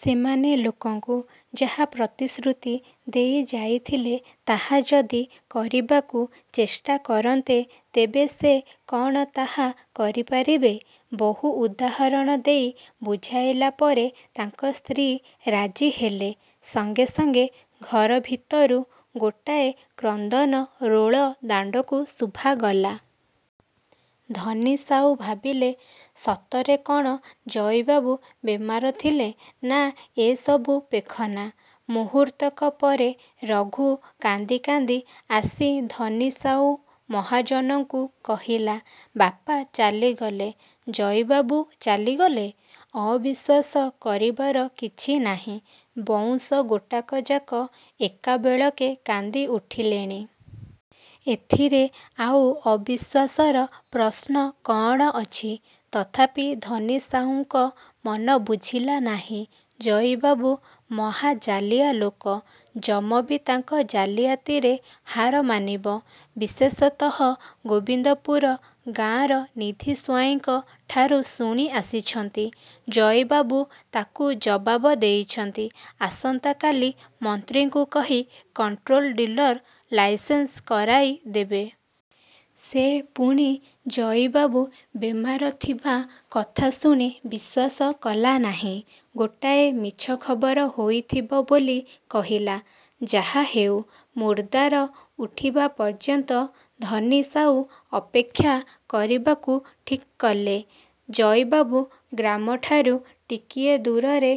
ସେମାନେ ଲୋକଙ୍କୁ ଯାହା ପ୍ରତିଶ୍ରୁତି ଦେଇଯାଇଥିଲେ ତାହା ଯଦି କରିବାକୁ ଚେଷ୍ଟା କରନ୍ତେ ତେବେ ସେ କଣ ତାହା କରିପାରିବେ। ବହୁ ଉଦାହରଣ ଦେଇ ବୁଝାଇଲା ପରେ ତାଙ୍କ ସ୍ତ୍ରୀ ରାଜି ହେଲେ। ସଙ୍ଗେ ସଙ୍ଗେ ଘର ଭିତରୁ ଗୋଟାଏ କ୍ରନ୍ଦନ ରୋଳ ଦାଣ୍ଡକୁ ଶୁଭାଗଲା। ଧନି ସାଉ ଭାବିଲେ, ସତରେ କଣ ଜଇବାବୁ ବେମାର ଥିଲେ ନା ଏ ସବୁ ପେଖନା। ମୁହୂର୍ତ୍ତକ ପରେ ରଘୁ କାନ୍ଦି କାନ୍ଦି ଆସି ଧନି ସାଉ ମହାଜନଙ୍କୁ କହିଲା ବାପା ଚାଲିଗଲେ। ଜଇବାବୁ ଚାଲିଗଲେ? ଅବିଶ୍ୱାସ କରିବାର କିଛି ନାହିଁ। ବଉଁଶ ଗୋଟାକଯାକ ଏକାବେଳକେ କାନ୍ଦି ଉଠିଲେଣି-। ଏଥିରେ ଆଉ ଅବିଶ୍ୱାସର ପ୍ରଶ୍ନ କଣ ଅଛି? ତଥାପି ଧନି ସାଉଙ୍କ ମନ ବୁଝିଲା ନାହିଁ, ଜଇବାବୁ ମହା ଜାଲିଆ ଲୋକ ଯମବି ତାଙ୍କ ଜାଲିଆତିରେ ହାର ମାନିବ। ବିଶେଷତଃ ଗୋବିନ୍ଦପୁର ଗାଁର ନିଧି ସ୍ୱାଇଁଙ୍କ ଠାରୁ ଶୁଣି ଆସିଛନ୍ତି-। ଜଇବାବୁ ତାକୁ ଜବାବ ଦେଇଛନ୍ତି ଆସନ୍ତା କାଲି ମନ୍ତ୍ରୀଙ୍କୁ କହି କଣ୍ଟ୍ରୋଲ ଡିଲର ଲାଇସେନ୍ସ କରାଇ ଦେବେ। ସେ ପୁଣି ଜଇବାବୁ ବେମାର ଥିବା କଥା ଶୁଣି ବିଶ୍ୱାସ କଲା ନାହିଁ। ଗୋଟାଏ ମିଛ ଖବର ହୋଇଥିବ ବୋଲି କହିଲା। ଯାହା ହେଉ ମୁର୍ଦ୍ଦାର ଉଠିବା ପର୍ଯ୍ୟନ୍ତ ଧନି ସାଉ ଅପେକ୍ଷା କରିବାକୁ ଠିକ୍ କଲେ। ଜଇବାବୁ ଗ୍ରାମଠାରୁ ଟିକିଏ ଦୂରରେ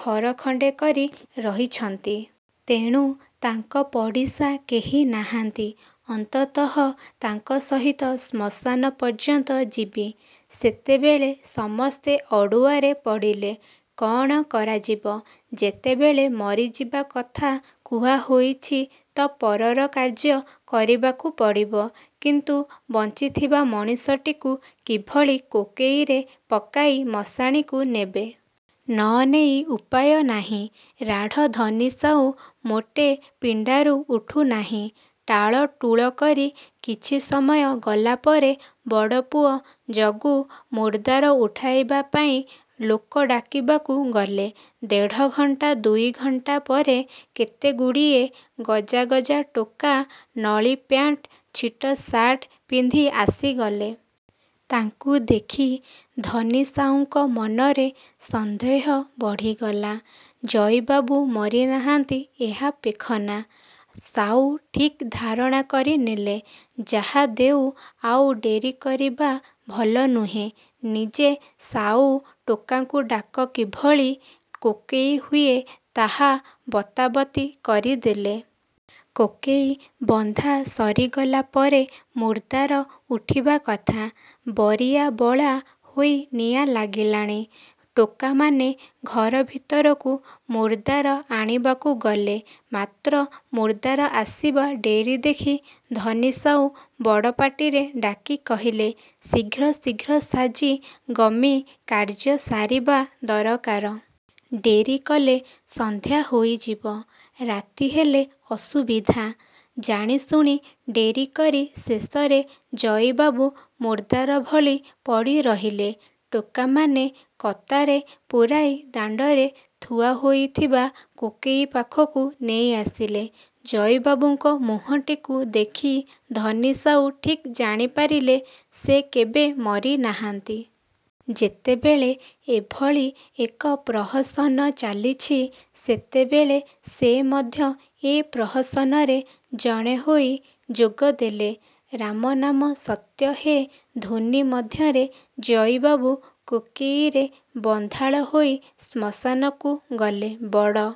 ଘର ଖଣ୍ଡେ କରି ରହିଛନ୍ତି। ତେଣୁ, ତାଙ୍କ ପଡ଼ିଶା କେହି ନାହାନ୍ତି। ଅନ୍ତତଃ ତାଙ୍କ ସହିତ ଶ୍ମଶାନ ପର୍ଯ୍ୟନ୍ତ ଯିବି। ସେତେବେଳେ ସମସ୍ତେ ଅଡ଼ୁଆରେ ପଡ଼ିଲେ। କଣ କରାଯିବ—ଯେତେବେଳେ ମରିଯିବା କଥା କୁହା ହୋଇଛି ତ ପରର କାର୍ଯ୍ୟ କରିବାକୁ ପଡ଼ିବ। କିନ୍ତୁ ବଞ୍ଚିଥିବା ମଣିଷଟିକୁ କିଭଳି କୋକେଇରେ ପକାଇ ମଶାଣିକୁ ନେବେ। ନ ନେଇ ଉପାୟ ନାହିଁ। ରାଢ଼ ଧନି ସାଉ ମୋଟେ ପିଣ୍ଡାରୁ ଉଠୁ ନାହିଁ। ଟାଳ ଟୁଳ କରି କିଛି ସମୟ ଗଲାପରେ ବଡ଼ପୁଅ ଜଗୁ ମୁର୍ଦ୍ଦାର ଉଠାଇବା ପାଇଁ ଲୋକ ଡାକିବାକୁ ଗଲେ। ଦେଢ଼ଘଣ୍ଟା ଦୁଇଘଣ୍ଟା ପରେ କେତେଗୁଡ଼ିଏ ଗଜା ଗଜା ଟୋକା ନଳି ପ୍ୟାଣ୍ଟ, ଛିଟସାର୍ଟ ପିନ୍ଧି ଆସିଗଲେ। ତାଙ୍କୁ ଦେଖି ଧନିସାଉଙ୍କ ମନରେ ସନ୍ଦେହ ବଢ଼ିଗଲା। ଜଇବାବୁ ମରି ନାହାନ୍ତି ଏହା ପେଖନା। ସାଉ ଠିକ ଧାରଣ କରି ନେଲେ। ଯାହାଦେଉ ଆଉ ଡେରି କରିବା ଭଲ ନୁହେଁ। ନିଜେ ସାଉ ଟୋକାଙ୍କୁ ଡାକ କିଭଳି କୋକେଇ ହୁଏ ତାହା ବତା ବତି କରିଦେଲେ। କୋକେଇ ବନ୍ଧା ସରିଗଲା ପରେ ମୁର୍ଦ୍ଦାର ଉଠିବା କଥା। ବରିଆ ବଳା ହୋଇ ନିଆଁ ଲାଗିଲାଣି। ଟୋକାମାନେ ଘର ଭିତରକୁ ମୁର୍ଦ୍ଦାର ଆଣିବାକୁ ଗଲେ। ମାତ୍ର ମୁର୍ଦ୍ଦାର ଆସିବା ଡେରି ଦେଖି ଧନି ସାଉ ବଡ଼ ପାଟିରେ ଡାକି କହିଲେ, ଶୀଘ୍ର ଶୀଘ୍ର ସାଜି ଗମି କାର୍ଯ୍ୟ ସାରିବା ଦରକାର। ଡେରି କଲେ ସନ୍ଧ୍ୟା ହୋଇଯିବ। ରାତି ହେଲେ ଅସୁବିଧା। ଜାଣି ଶୁଣି ଡେରି କରି ଶେଷରେ ଜଇବାବୁ ମୁର୍ଦ୍ଦାର ଭଳି ପଡ଼ି ରହିଲେ। ଟୋକାମାନେ କତାରେ ପୂରାଇ ଦାଣ୍ଡରେ ଥୁଆ ହୋଇଥିବା କୋକେଇ ପାଖକୁ ନେଇ ଆସିଲେ। ଜଇବାବୁଙ୍କ ମୁହଁଟିକୁ ଦେଖି ଧନି ସାଉ ଠିକ୍ ଜାଣିପାରିଲେ ସେ କେବେ ମରି ନାହାନ୍ତି। ଯେତେବେଳେ ଏଭଳି ଏକ ପ୍ରହସନ ଚାଲିଛି ସେତେବେଳେ ସେ ମଧ୍ୟ ଏ ପ୍ରହସନରେ ଜଣେ ହୋଇ ଯୋଗ ଦେଲେ। ରାମ ନାମ ସତ୍ୟ ହେ ଧ୍ୱନୀ ମଧ୍ୟରେ ଜଇବାବୁ କୋକେଇରେ ବନ୍ଧାଳ ହୋଇ ଶ୍ମଶାନକୁ ଗଲେ। ବଡ଼